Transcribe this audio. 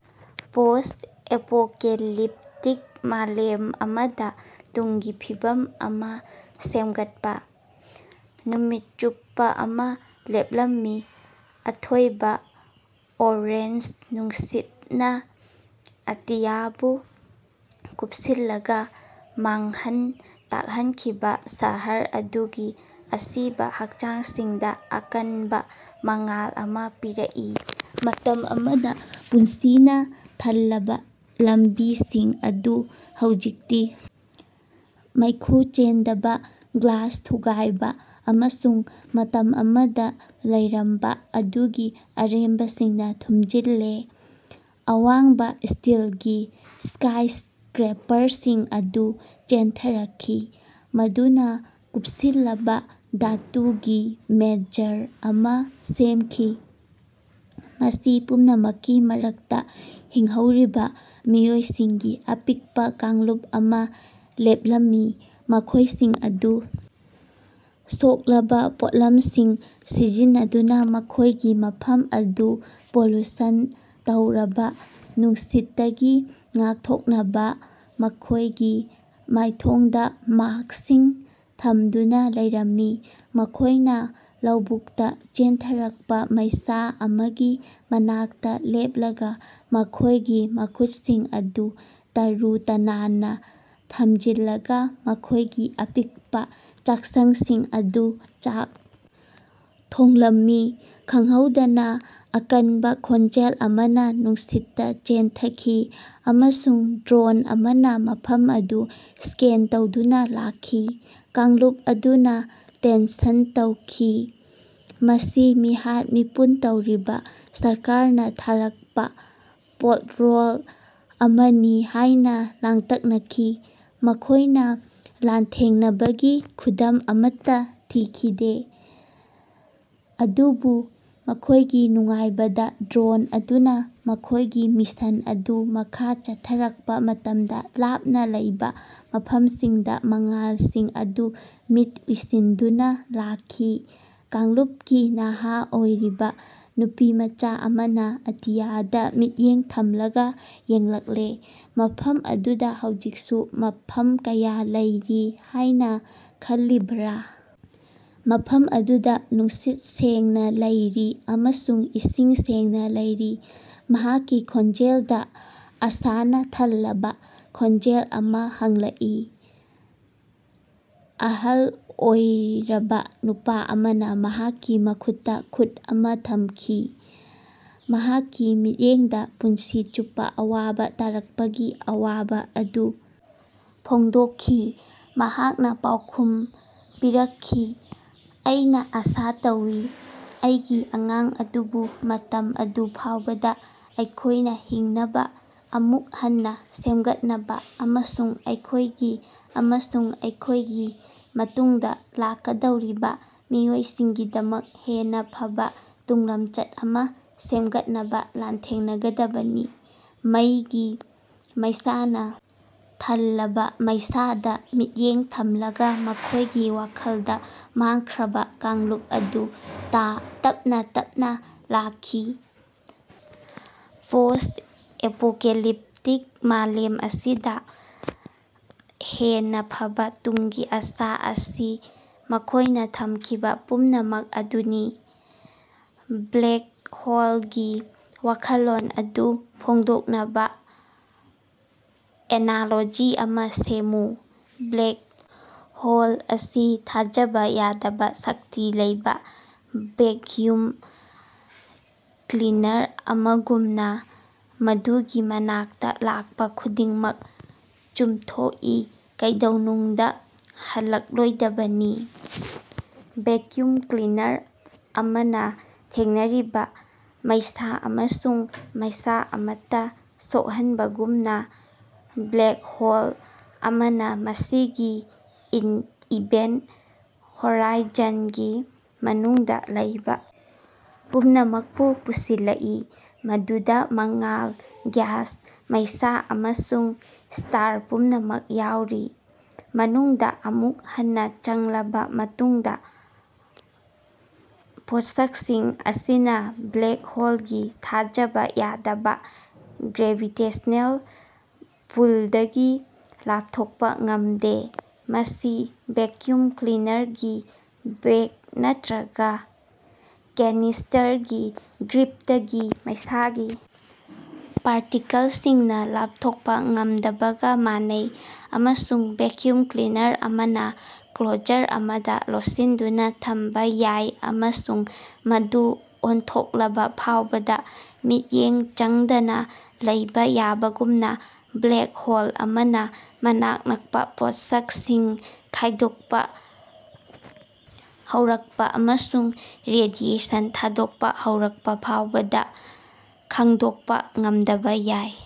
"Post-apocalyptic ꯃꯥꯂꯦꯝ ꯑꯃꯗꯥ ꯇꯨꯡꯒꯤ ꯐꯤꯕꯝ ꯑꯃꯥ ꯁꯦꯝꯒꯠꯄꯥ꯫ ꯅꯨꯃꯤꯠ ꯆꯨꯞꯄꯥ ꯑꯃꯥ ꯂꯦꯞꯂꯝꯃꯤ, ꯑꯊꯣꯏꯕꯥ ꯑꯣꯔꯦꯟꯖ ꯅꯨꯡꯁꯤꯠꯅꯥ ꯑꯇꯤꯌꯥꯕꯨ ꯀꯨꯞꯁꯤꯜꯂꯒꯥ, ꯃꯥꯡꯍꯟ ꯇꯥꯛꯍꯟꯈꯤꯕꯥ ꯁꯍꯔ ꯑꯗꯨꯒꯤ ꯑꯁꯤꯕꯥ ꯍꯛꯆꯥꯡꯁꯤꯡꯗꯥ ꯑꯀꯟꯕꯥ ꯃꯉꯥꯜ ꯑꯃꯥ ꯄꯤꯔꯛꯏ꯫ ꯃꯇꯝ ꯑꯃꯗꯥ ꯄꯨꯟꯁꯤꯅꯥ ꯊꯜꯂꯕꯥ ꯂꯝꯕꯤꯁꯤꯡ ꯑꯗꯨ ꯍꯧꯖꯤꯛꯇꯤ ꯃꯩꯈꯨ ꯆꯦꯟꯗꯕꯥ, ꯒ꯭ꯂꯥꯁ ꯊꯨꯒꯥꯏꯕꯥ ꯑꯃꯁꯨꯡ ꯃꯇꯝ ꯑꯃꯗꯥ ꯂꯩꯔꯝꯕꯥ ꯑꯗꯨꯒꯤ ꯑꯔꯦꯝꯕꯁꯤꯡꯅꯥ ꯊꯨꯝꯖꯤꯜꯂꯦ꯫ ꯑꯋꯥꯡꯕꯥ ꯁ꯭ꯇꯤꯜꯒꯤ ꯁ꯭ꯀꯥꯏꯁ꯭ꯀꯔꯦꯄꯔꯁꯤꯡ ꯑꯗꯨ ꯆꯦꯟꯊꯔꯛꯈꯤ꯫ ꯃꯗꯨꯅꯥ ꯀꯨꯄꯁꯤꯜꯂꯕꯥ ꯙꯥꯇꯨꯒꯤ ꯃꯦꯖꯔ ꯑꯃꯥ ꯁꯦꯝꯈꯤ꯫ ꯃꯁꯤ ꯄꯨꯝꯅꯃꯛꯀꯤ ꯃꯔꯛꯇꯥ ꯍꯤꯡꯍꯧꯔꯕꯥ ꯃꯤꯑꯣꯏꯁꯤꯡꯒꯤ ꯑꯄꯤꯛꯄꯥ ꯀꯥꯡꯂꯨꯞ ꯑꯃꯥ ꯂꯦꯞꯂꯝꯃꯤ꯫ ꯃꯈꯣꯏꯁꯤꯡ ꯑꯗꯨ ꯁꯣꯛꯂꯕꯥ ꯄꯣꯠꯂꯝꯁꯤꯡ ꯁꯤꯖꯤꯟꯅꯗꯨꯅꯥ ꯃꯈꯣꯏꯒꯤ ꯃꯐꯝ ꯑꯗꯨ ꯄꯣꯂꯨꯁꯟ ꯇꯧꯔꯕꯥ ꯅꯨꯡꯁꯤꯠꯇꯒꯤ ꯉꯥꯛꯊꯣꯛꯅꯕꯥ ꯃꯈꯣꯏꯒꯤ ꯃꯥꯏꯊꯣꯡꯗꯥ ꯃꯥꯁ꯭ꯀꯁꯤꯡ ꯊꯝꯗꯨꯅꯥ ꯂꯩꯔꯝꯃꯤ꯫ ꯃꯈꯣꯏꯅꯥ ꯂꯧꯕꯨꯛꯇꯥ ꯆꯦꯟꯊꯔꯛꯄꯥ ꯃꯩꯁꯥ ꯑꯃꯒꯤ ꯃꯅꯥꯛꯇꯥ ꯂꯦꯞꯂꯒꯥ ꯃꯈꯣꯏꯒꯤ ꯃꯈꯨꯠꯁꯤꯡ ꯑꯗꯨ ꯇꯔꯨ ꯇꯅꯥꯟꯅꯥ ꯊꯝꯖꯤꯜꯂꯒꯥ ꯃꯈꯣꯏꯒꯤ ꯑꯄꯤꯛꯄꯥ ꯆꯥꯛꯁꯪꯁꯤꯡ ꯑꯗꯨ ꯆꯥꯛ ꯊꯣꯡꯂꯝꯃꯤ꯫ ꯈꯪꯍꯧꯗꯅꯥ ꯑꯀꯟꯕꯥ ꯈꯣꯟꯖꯦꯜ ꯑꯃꯅꯥ ꯅꯨꯡꯁꯤꯠꯇꯥ ꯆꯦꯟꯊꯈꯤ, ꯑꯃꯁꯨꯡ ꯗ꯭ꯔꯣꯟ ꯑꯃꯅꯥ ꯃꯐꯝ ꯑꯗꯨ ꯁ꯭ꯀꯦꯟ ꯇꯧꯗꯨꯅꯥ ꯂꯥꯛꯈꯤ꯫ ꯀꯥꯡꯂꯨꯞ ꯑꯗꯨꯅꯥ ꯇꯦꯟꯁꯟ ꯇꯧꯈꯤ꯫ ꯃꯁꯤ ꯃꯤꯍꯥꯠ-ꯃꯤꯄꯨꯟ ꯇꯧꯔꯤꯕꯥ ꯁꯔꯀꯥꯔꯅꯥ ꯊꯥꯔꯛꯄꯥ ꯄꯦꯠꯔꯣꯜ ꯑꯃꯅꯤ ꯍꯥꯌꯅꯥ ꯂꯥꯡꯇꯛꯅꯈꯤ꯫ ꯃꯈꯣꯏꯅꯥ ꯂꯥꯟꯊꯦꯡꯅꯕꯒꯤ ꯈꯨꯗꯝ ꯑꯃꯠꯇꯥ ꯊꯤꯈꯤꯗꯦ꯫ ꯑꯗꯨꯕꯨ, ꯃꯈꯣꯏꯒꯤ ꯅꯨꯡꯉꯥꯏꯕꯗꯥ ꯗ꯭ꯔꯣꯟ ꯑꯗꯨꯅꯥ ꯃꯈꯣꯏꯒꯤ ꯃꯤꯁꯟ ꯑꯗꯨ ꯃꯈꯥ ꯆꯠꯊꯔꯛꯄꯥ ꯃꯇꯝꯗꯥ ꯂꯥꯞꯅꯥ ꯂꯩꯕꯥ ꯃꯐꯝꯁꯤꯡꯗꯥ ꯃꯉꯥꯜꯁꯤꯡ ꯑꯗꯨ ꯃꯤꯠ ꯎꯏꯁꯤꯟꯗꯨꯅꯥ ꯂꯥꯛꯈꯤ꯫ ꯀꯥꯡꯂꯨꯄꯀꯤ ꯅꯍꯥ ꯑꯣꯏꯔꯤꯕꯥ ꯅꯨꯄꯤꯃꯆꯥ ꯑꯃꯅꯥ ꯑꯇꯤꯌꯥꯗꯥ ꯃꯤꯠꯌꯦꯡ ꯊꯝꯂꯒꯥ ꯌꯦꯡꯂꯛꯂꯦ꯫ ꯃꯐꯝ ꯑꯗꯨꯗꯥ ꯍꯧꯖꯤꯛꯁꯨ ꯃꯐꯝ ꯀꯌꯥ ꯂꯩꯔꯤ ꯍꯥꯏꯅꯥ ꯈꯜꯂꯤꯕꯔꯥ? ꯃꯐꯝ ꯑꯗꯨꯗꯥ ꯅꯨꯡꯁꯤꯠ ꯁꯦꯡꯅꯥ ꯂꯩꯔꯤ ꯑꯃꯁꯨꯡ ꯏꯁꯤꯡ ꯁꯦꯡꯅꯥ ꯂꯩꯔꯤ꯫ ꯃꯍꯥꯛꯀꯤ ꯈꯣꯟꯖꯦꯜꯗꯥ ꯑꯥꯁꯥꯅꯥ ꯊꯜꯂꯕꯥ ꯈꯣꯟꯖꯦꯜ ꯑꯃꯅ ꯍꯪꯂꯛꯏ꯫ ꯑꯍꯜ ꯑꯣꯏꯔꯕꯥ ꯅꯨꯄꯥ ꯑꯃꯅꯥ ꯃꯍꯥꯛꯀꯤ ꯃꯈꯨꯠꯇꯥ ꯈꯨꯠ ꯑꯃꯥ ꯊꯝꯈꯤ꯫ ꯃꯍꯥꯛꯀꯤ ꯃꯤꯠꯌꯦꯡꯗꯥ ꯄꯨꯟꯁꯤ ꯆꯨꯞꯄꯥ ꯑꯋꯥꯕꯥ ꯇꯥꯔꯛꯄꯒꯤ ꯑꯋꯥꯕꯥ ꯑꯗꯨ ꯐꯣꯡꯗꯣꯛꯈꯤ꯫ ꯃꯍꯥꯛꯅꯥ ꯄꯥꯎꯈꯨꯝ ꯄꯤꯔꯛꯈꯤ, "ꯑꯩꯅꯥ ꯑꯥꯁꯥ ꯇꯧꯏ, ꯑꯩꯒꯤ ꯑꯉꯥꯡ ꯑꯗꯨꯕꯨ ꯃꯇꯝ ꯑꯗꯨ ꯐꯥꯎꯕꯗꯥ ꯑꯩꯈꯣꯏꯅꯥ ꯍꯤꯡꯅꯕꯥ, ꯑꯃꯨꯛ ꯍꯟꯅꯥ ꯁꯦꯝꯒꯠꯅꯕꯥ ꯑꯃꯁꯨꯡ ꯑꯩꯈꯣꯏꯒꯤ ꯑꯃꯁꯨꯡ ꯑꯩꯈꯣꯏꯒꯤ ꯃꯇꯨꯡꯗꯥ ꯂꯥꯛꯀꯗꯧꯔꯤꯕꯥ ꯃꯤꯑꯣꯏꯁꯤꯡꯒꯤꯗꯃꯛ ꯍꯦꯟꯅꯥ ꯐꯕꯥ ꯇꯨꯡꯂꯝꯆꯠ ꯑꯃꯥ ꯁꯦꯝꯒꯠꯅꯕꯥ ꯂꯥꯟꯊꯦꯡꯅꯒꯗꯕꯅꯤ꯫ ꯃꯩꯒꯤ ꯃꯩꯁꯥꯅꯥ ꯊꯜꯂꯕꯥ ꯃꯩꯁꯥꯗꯥ ꯃꯤꯠꯌꯦꯡ ꯊꯝꯂꯒꯥ ꯃꯈꯣꯏꯒꯤ ꯋꯥꯈꯜꯗꯥ ꯃꯥꯡꯈ꯭ꯔꯕꯥ ꯀꯥꯡꯂꯨꯞ ꯑꯗꯨ ꯇꯞꯅꯥ ꯇꯞꯅꯥ ꯂꯥꯛꯈꯤ꯫ ꯄꯣꯁ꯭ꯠ-ꯑꯦꯄꯣꯀꯦꯂꯤꯄꯇꯤꯛ ꯃꯥꯂꯦꯝ ꯑꯁꯤꯗꯥ ꯍꯦꯟꯅꯥ ꯐꯕꯥ ꯇꯨꯡꯒꯤ ꯑꯥꯁꯥ ꯑꯁꯤ ꯃꯈꯣꯏꯅꯥ ꯊꯝꯈꯤꯕꯥ ꯄꯨꯝꯅꯃꯛ ꯑꯗꯨꯅꯤ꯫ ꯕ꯭ꯂꯦꯛ ꯍꯣꯂꯒꯤ ꯋꯥꯈꯜꯂꯣꯟ ꯑꯗꯨ ꯐꯣꯡꯗꯣꯛꯅꯕꯥ ꯑꯦꯅꯥꯂꯣꯖꯤ ꯑꯃꯥ ꯁꯦꯝꯃꯨ꯫ ꯕ꯭ꯂꯦꯛ ꯍꯣꯜ ꯑꯁꯤ ꯊꯥꯖꯕꯥ ꯌꯥꯗꯕꯥ ꯁꯛꯇꯤ ꯂꯩꯕꯥ ꯚꯦꯛꯌꯨꯝ ꯀ꯭ꯂꯤꯅꯔ ꯑꯃꯒꯨꯝꯅꯥ ꯃꯗꯨꯒꯤ ꯃꯅꯥꯛꯇꯥ ꯂꯥꯛꯄꯥ ꯈꯨꯗꯤꯡꯃꯛ ꯆꯨꯝꯊꯣꯛꯏ ꯀꯩꯗꯧꯅꯨꯡꯗꯥ ꯍꯜꯂꯛꯂꯣꯏꯗꯕꯅꯤ꯫ ꯚꯦꯛꯌꯨꯝ ꯀ꯭ꯂꯤꯅꯔ ꯑꯃꯅꯥ ꯊꯦꯡꯅꯔꯤꯕꯥ ꯃꯩꯁꯥ ꯑꯃꯁꯨꯡ ꯃꯩꯁꯥ ꯑꯃꯠꯇꯥ ꯁꯣꯛꯍꯟꯕꯒꯨꯝꯅꯥ ꯕ꯭ꯂꯦꯛ ꯍꯣꯜ ꯑꯃꯅꯥ ꯃꯁꯤꯒꯤ ꯏꯚꯦꯟꯇ ꯍꯣꯔꯥꯏꯖꯟꯒꯤ ꯃꯅꯨꯡꯗꯥ ꯂꯩꯕꯥ ꯄꯨꯝꯅꯃꯛꯄꯨ ꯄꯨꯁꯤꯜꯂꯛꯏ, ꯃꯗꯨꯗꯥ ꯃꯉꯥꯜ, ꯒ꯭ꯌꯥꯁ, ꯃꯩꯁꯥ ꯑꯃꯁꯨꯡ ꯁ꯭ꯇꯥꯔ ꯄꯨꯝꯅꯃꯛ ꯌꯥꯎꯔꯤ꯫ ꯃꯅꯨꯡꯗꯥ ꯑꯃꯨꯛ ꯍꯟꯅꯥ ꯆꯪꯂꯕꯥ ꯃꯇꯨꯡꯗꯥ, ꯄꯣꯠꯁꯀꯁꯤꯡ ꯑꯁꯤꯅꯥ ꯕ꯭ꯂꯦꯛ ꯍꯣꯂꯒꯤ ꯊꯥꯖꯕꯥ ꯌꯥꯗꯕꯥ ꯒ꯭ꯔꯦꯚꯤꯇꯦꯁꯅꯦꯜ ꯄꯨꯜꯗꯒꯤ ꯂꯥꯄꯊꯣꯛꯄꯥ ꯉꯝꯗꯦ, ꯃꯁꯤ ꯚꯦꯛꯌꯨꯝ ꯀ꯭ꯂꯤꯅꯔꯒꯤ ꯕꯦꯒ ꯅꯠꯇ꯭ꯔꯒꯥ ꯀꯦꯅꯤꯁ꯭ꯇꯔꯒꯤ ꯒ꯭ꯔꯤꯄꯇꯒꯤ ꯃꯩꯁꯥꯒꯤ ꯄꯥꯔꯇꯤꯀꯜꯁꯤꯡꯅꯥ ꯂꯥꯞꯊꯣꯛꯄꯥ ꯉꯝꯗꯕꯒꯥ ꯃꯥꯟꯅꯩ꯫ ꯑꯃꯁꯨꯡ ꯚꯦꯛꯌꯨꯝ ꯀ꯭ꯂꯤꯅꯔ ꯑꯃꯅꯥ ꯀ꯭ꯂꯣꯖꯔ ꯑꯃꯗꯥ ꯂꯣꯠꯁꯤꯟꯗꯨꯅꯥ ꯊꯝꯕꯥ ꯌꯥꯏ ꯑꯃꯁꯨꯡ ꯃꯗꯨ ꯑꯣꯟꯊꯣꯛꯂꯕꯥ ꯐꯥꯎꯕꯗꯥ ꯃꯤꯠꯌꯦꯡ ꯆꯪꯗꯅꯥ ꯂꯩꯕꯥ ꯌꯥꯕꯒꯨꯝꯅꯥ ꯕ꯭ꯂꯦꯛ ꯍꯣꯜ ꯑꯃꯅꯥ ꯃꯅꯥꯛ ꯅꯛꯄꯥ ꯄꯣꯠꯁꯀꯁꯤꯡ ꯈꯥꯏꯗꯣꯛꯄꯥ ꯍꯧꯔꯛꯄꯥ ꯑꯃꯁꯨꯡ ꯔꯦꯗꯤꯑꯦꯁꯟ ꯊꯥꯗꯣꯛꯄꯥ ꯍꯧꯔꯛꯄꯥ ꯐꯥꯎꯕꯗꯥ ꯈꯪꯗꯣꯛꯄꯥ ꯉꯝꯗꯕꯥ ꯌꯥꯏ꯫